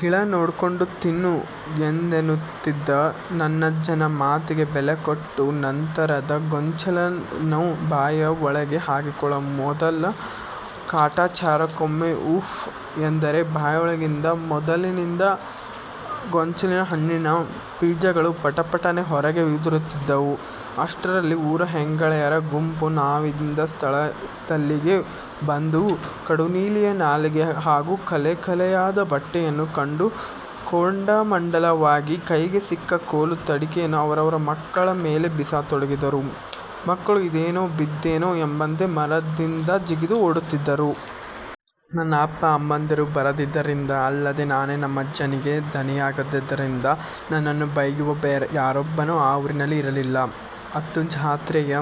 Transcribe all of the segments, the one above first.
ಗಿಳ ನೋಡ್ಕಂಡ್ ತಿನ್ನು' ಎಂದನ್ನುತಿದ್ದ ನನ್ನಜ್ಜನ ಮಾತಿಗೆ ಬೆಲೆಕೊಟ್ಟು ನಂತರದ ಗೊಂಚಲನ್ನು ಬಾಯಿಯ ಒಳಗೆ ಹಾಕಿಕೊಳ್ಳುವ ಮೊದಲು ಕಾಟಾಚಾರಕ್ಕೊಮ್ಮೆ 'ಊಫ್' ಎಂದರೆ ಬಾಯೊಳಗಿದ್ದ ಮೊದಲಿಂದ ಗೊಂಚಲಿನ ಹಣ್ಣಿನ ಬೀಜಗಳು ಪಟಪಟನೆ ಹೊರಗೆ ಉದುರುತಿದ್ದವು. ಅಷ್ಟರಲ್ಲಿ ಊರ ಹೆಂಗಳೆಯರ ಗುಂಪು ನಾವಿದ್ದ ಸ್ಥಳದಲ್ಲಿಗೆ ಬಂದು ಕಡುನೀಲಿಯ ನಾಲಗೆ ಹಾಗು ಕಲೆ ಕಲೆಯಾದ ಬಟ್ಟೆಯನ್ನು ಕಂಡು ಕೆಂಡಾಮಂಡಲವಾಗಿ ಕೈಗೆ ಸಿಕ್ಕ ಕೋಲು ತಡಿಕೆಯನ್ನು ಅವರವರ ಮಕ್ಕಳ ಮೇಲೆ ಬೀಸತೊಡಗಿದರೆ ಮಕ್ಕಳು ಇದ್ದೆನೋ ಬಿದ್ದೆನೋ ಎಂಬಂತೆ ಮರದದಿಂದ ಜಿಗಿದು ಓಡುತಿದ್ದರು. ನನ್ನ ಅಪ್ಪ ಅಮ್ಮಂದಿರು ಬರದಿದ್ದರಿಂದ, ಅಲ್ಲದೆ ನಾನೇ ನಮ್ಮಜ್ಜನಿಗೆ ದಣಿಯಾಗಿದ್ದರಿಂದ ನನ್ನನ್ನು ಬೈಯುವ ಯಾರೊಬ್ಬನೂ ಆ ಊರಿನಲ್ಲಿ ಇರಲಿಲ್ಲ. ಅಂತೂ ಜಾತ್ರೆಯ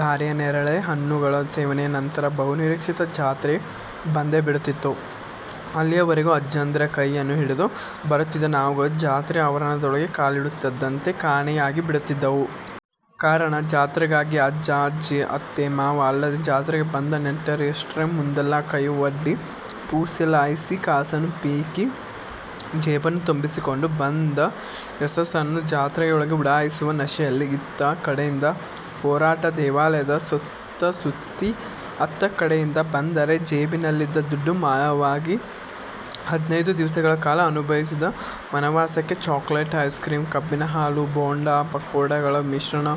ದಾರಿಯ ನೇರಳೆ ಹಣ್ಣುಗಳ ಸೇವನೆಯ ನಂತರ ಬಹು ನಿರೀಕ್ಷಿತ ಜಾತ್ರೆ ಬಂದೇ ಬಿಡುತಿತ್ತು. ಅಲ್ಲಿಯವರೆಗೂ ಅಜ್ಜಂದಿರ ಕೈಯನ್ನು ಹಿಡಿದು ಬರುತಿದ್ದ ನಾವುಗಳು ಜಾತ್ರೆಯ ಆವರಣದೊಳಗೆ ಕಾಲಿಡುತ್ತಿದ್ದಂತೆ ಕಾಣೆಯಾಗಿಬಿಡುತಿದ್ದವು. ಕಾರಣ ಜಾತ್ರೆಗಾಗೇ ಅಜ್ಜ, ಅಜ್ಜಿ, ಅತ್ತೆ ಮಾವ ಅಲ್ಲದೆ ಜಾತ್ರೆಗೆ ಬಂದ ನೆಂಟರಿಷ್ಟರ ಮುಂದೆಲ್ಲ ಕೈ ಒಡ್ಡಿ, ಪುಸಲಾಯಿಸಿ ಕಾಸನ್ನು ಪೀಕಿ, ಜೇಬನ್ನು ತುಂಬಿಸಿಕೊಂಡು ಬಂದ ಯಶಸ್ಸನ್ನು ಜಾತ್ರೆಯೊಳಗೆ ಉಡಾಯಿಸುವ ನಶೆಯಲ್ಲಿ. ಇತ್ತ ಕಡೆಯಿಂದ ಹೊರಟು ದೇವಾಲಯದ ಸುತ್ತ ಸುತ್ತಿ ಅತ್ತ ಕಡೆಯಿಂದ ಬಂದರೆ ಜೇಬಿನಲ್ಲಿದ್ದ ದುಡ್ಡು ಮಾಯವಾಗಿ, ಹದಿನೈದು ದಿವಸಗಳ ಕಾಲ ಅನುಭವಿಸಿದ ವನವಾಸಕ್ಕೆ ಚಾಕಲೇಟು, ಐಸ್ ಕ್ರೀಮ್, ಕಬ್ಬಿನ ಹಾಲು, ಬೋಂಡಾ ಪಕೋಡಗಳ ಮಿಶ್ರಣ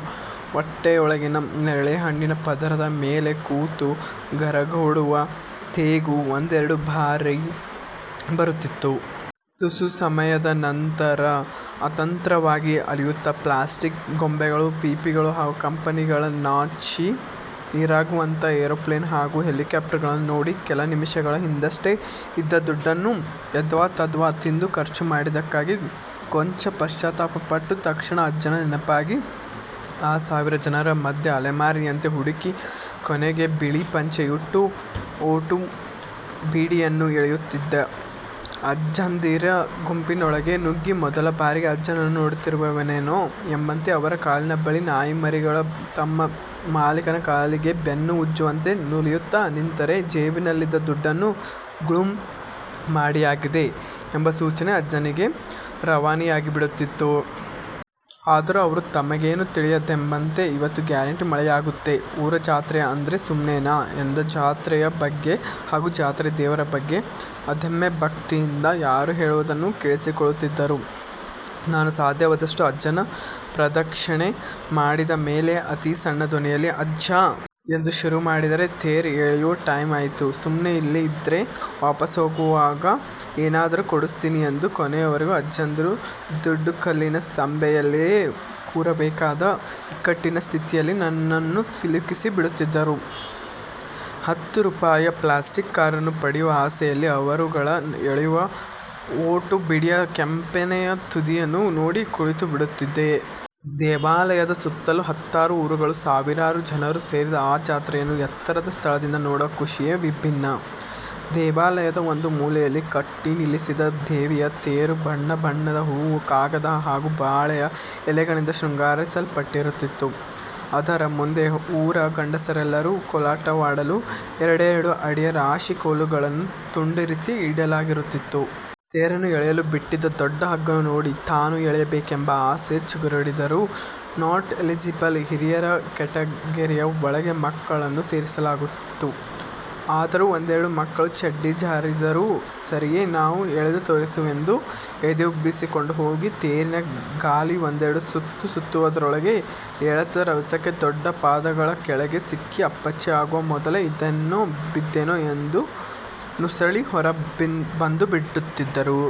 ಹೊಟ್ಟೆಯೊಳಗಿನ ನೇರಳೆ ಹಣ್ಣಿನ ಪದರದ ಮೇಲೆ ಕೂತು ಗರಗುಡುವ ತೇಗು ಒಂದೆರೆಡು ಬಾರಿ ಬರುತ್ತಿತ್ತು. ತುಸು ಸಮಯದ ನಂತರ ಅತಂತ್ರವಾಗಿ ಅಲೆಯುತ್ತಾ ಪ್ಲಾಸ್ಟಿಕ್ ಗೊಂಬೆಗಳು, ಪೀಪಿಗಳು ಹಾಗು ಕಂಪನಿಗಳೇ ನಾಚಿ ನೀರಾಗುವಂತ ಏರೋಪ್ಲೇನ್ ಹಾಗು ಹೆಲಿಕ್ಯಾಪ್ಟಾರ್ ಗಳನ್ನು ನೋಡಿ, ಕೆಲ ನಿಮಿಷಗಳ ಹಿಂದಷ್ಟೇ ಇದ್ದ ದುಡ್ಡನ್ನು ಎದ್ವಾ-ತದ್ವಾ ತಿಂದು ಖರ್ಚು ಮಾಡಿದಕ್ಕಾಗಿ ಕೊಂಚ ಪಶ್ಚಾತಾಪ ಪಟ್ಟು, ತಕ್ಷಣ ಅಜ್ಜನ ನೆನಪಾಗಿ, ಆ ಸಾವಿರ ಜನರ ಮದ್ಯೆ ಅಲೆಮಾರಿಯಂತೆ ಹುಡುಕಿ ಕೊನೆಗೆ ಬಿಳಿ ಪಂಚೆಯುಟ್ಟು, ಮೋಟು ಬೀಡಿಯನ್ನು ಎಳೆಯುತಿದ್ದ ಅಜ್ಜಂದಿರ ಗುಂಪಿನೊಳಗೆ ನುಗ್ಗಿ ಮೊದಲ ಬಾರಿಗೆ ಅಜ್ಜನನ್ನು ನೋಡುತ್ತಿರುವೆನೇನೋ ಎಂಬಂತೆ ಅವರ ಕಾಲಿನ ಬಳಿ ನಾಯಿಮರಿಗಳು ತಮ್ಮ ಮಾಲೀಕನ ಕಾಲಿಗೆ ಬೆನ್ನು ಉಜ್ಜುವಂತೆ ನುಲಿಯುತ್ತ ನಿಂತರೆ 'ಜೇಬಿನಲ್ಲಿದ್ದ ದುಡ್ಡನ್ನು ಗುಳುಂ ಮಾಡಿಯಾಗಿದೆ' ಎಂಬ ಸೂಚನೆ ಅಜ್ಜನಿಗೆ ರವಾನೆಯಾಗಿಬಿಡುತ್ತಿತ್ತು. ಆದರೂ ಅವರು ತಮಗೇನು ತಿಳಿಯದೆಂಬಂತೆ 'ಇವತ್ತು ಗ್ಯಾರಂಟಿ ಮಳೆಯಾಗುತ್ತೆ. ಊರ್ ಜಾತ್ರೆ ಅಂದ್ರೆ ಸುಮ್ನೇನಾ' ಎಂದು ಜಾತ್ರೆಯ ಬಗ್ಗೆ ಹಾಗು ಜಾತ್ರೆಯ ದೇವರ ಬಗ್ಗೆ ಅಧಮ್ಯ ಭಕ್ತಿಯಿದ್ದ ಯಾರೋ ಹೇಳುವುದನ್ನು ಕೇಳಿಸಿಕೊಳ್ಳುತ್ತಿದ್ದರು. ನಾನು ಸಾಧ್ಯವಾದಷ್ಟು ಅಜ್ಜನ ಪ್ರದಕ್ಷಿಣೆ ಮಾಡಿದ ಮೇಲೆ ಅತಿ ಸಣ್ಣ ಧ್ವನಿಯಲ್ಲಿ 'ಅಜ್ಜಾ. 'ಎಂದು ಶುರು ಮಾಡಿದರೆ 'ತೇರ್ ಎಳಿಯೋ ಟೈಮ್ ಆಯಿತು. ಸುಮ್ನೆ ಇಲ್ಲೇ ಇದ್ರೆ ವಾಪಾಸ್ ಹೋಗಾಗ ಏನಾದ್ರು ಕೊಡುಸ್ತೀನಿ' ಎಂದು ಕೊನೆಯವರೆಗೂ ಅಜ್ಜಂದಿರ ದುಂಡುಕಲ್ಲಿನ ಸಭೆಯಲ್ಲಿಯೇ ಕೂರಬೇಕಾದ ಇಕ್ಕಟಿನ ಸ್ಥಿತಿಯಲ್ಲಿ ನನ್ನನು ಸಿಲುಕಿಸಿ ಬಿಡುತ್ತಿದ್ದರು. ಹತ್ತು ರೂಪಾಯಿಯ ಪ್ಲಾಸ್ಟಿಕ್ ಕಾರನ್ನು ಪಡೆಯುವ ಆಸೆಯಲ್ಲಿ ಅವರುಗಳು ಎಳೆಯುವ ಮೋಟು ಬೀಡಿಯ ಕೆಂಪನೆಯ ತುದಿಯನ್ನೇ ನೋಡಿ ಕುಳಿತು ಬಿಡುತ್ತಿದ್ದೆ. ದೇವಾಲಯದ ಸುತ್ತಲೂ ಹತ್ತಾರು ಊರುಗಳ ಸಾವಿರಾರು ಜನರು ಸೇರಿದ್ದ ಆ ಜಾತ್ರೆಯನ್ನು ಎತ್ತರದ ಸ್ಥಳದಿಂದ ನೋಡುವ ಖುಷಿಯೇ ವಿಭಿನ್ನ. ದೇವಾಲಯದ ಒಂದು ಮೂಲೆಯಲ್ಲಿ ಕಟ್ಟಿ ನಿಲ್ಲಿಸಿದ್ದ ದೇವಿಯ ತೇರು ಬಣ್ಣ ಬಣ್ಣದ ಹೂವು, ಕಾಗದ ಹಾಗು ಬಾಳೆಯ ಎಲೆಗಳಿಂದ ಶೃಂಗರಿಸಲ್ಪಟ್ಟಿರುತ್ತಿತು. ಅದರ ಮುಂದೆ ಊರ ಗಂಡಸರೆಲ್ಲರು ಕೋಲಾಟವಾಡಲು ಎರೆಡೆರೆಡು ಅಡಿಯ ರಾಶಿ ಕೋಲುಗಳನ್ನು ತುಂಡರಿಸಿ ಇಡಲಾಗಿರುತ್ತಿತು. ತೇರನ್ನು ಎಳೆಯಲು ಬಿಟ್ಟಿದ್ದ ದೊಡ್ಡ ಹಗ್ಗವನ್ನು ನೋಡಿ ತಾನೂ ಎಳೆಯಬೇಕೆಂಬ ಆಸೆ ಚಿಗುರೊಡೆದರೂ, ನಾಟ್-ಎಲಿಜಿಬಲ್ ಹಿರಿಯರ ಕೆಟಗೆರಿಯ ಒಳಗೆ ಮಕ್ಕಳನ್ನೂ ಸೇರಿಸಲಾಗಿತ್ತು. ಆದರೂ ಒಂದೆರೆಡು ಮಕ್ಕಳು ಚಡ್ಡಿ ಜಾರಿದರೂ ಸರಿಯೇ ನಾವು ಎಳೆದು ತೋರಿಸುವೆಂದು ಎದೆಯುಬ್ಬಿಸಿಕೊಂಡು ಹೋಗಿ ತೇರಿನ ಗಾಲಿ ಒಂದೆರೆಡು ಸುತ್ತು ಸುತ್ತುವುದರೊಳಗೆ ಎಳೆತದ ರಭಸಕ್ಕೆ ದೊಡ್ಡ ಪಾದಗಳ ಕೆಳಗೆ ಸಿಕ್ಕಿ ಅಪ್ಪಚ್ಚಿ ಆಗುವ ಮೊದಲೇ ಇದ್ದೆನೋ ಬಿದ್ದೆನೋ ಎಂದು ನುಸುಳಿ ಹೊರಬಂದುಬಿಡುತ್ತಿದ್ದರು.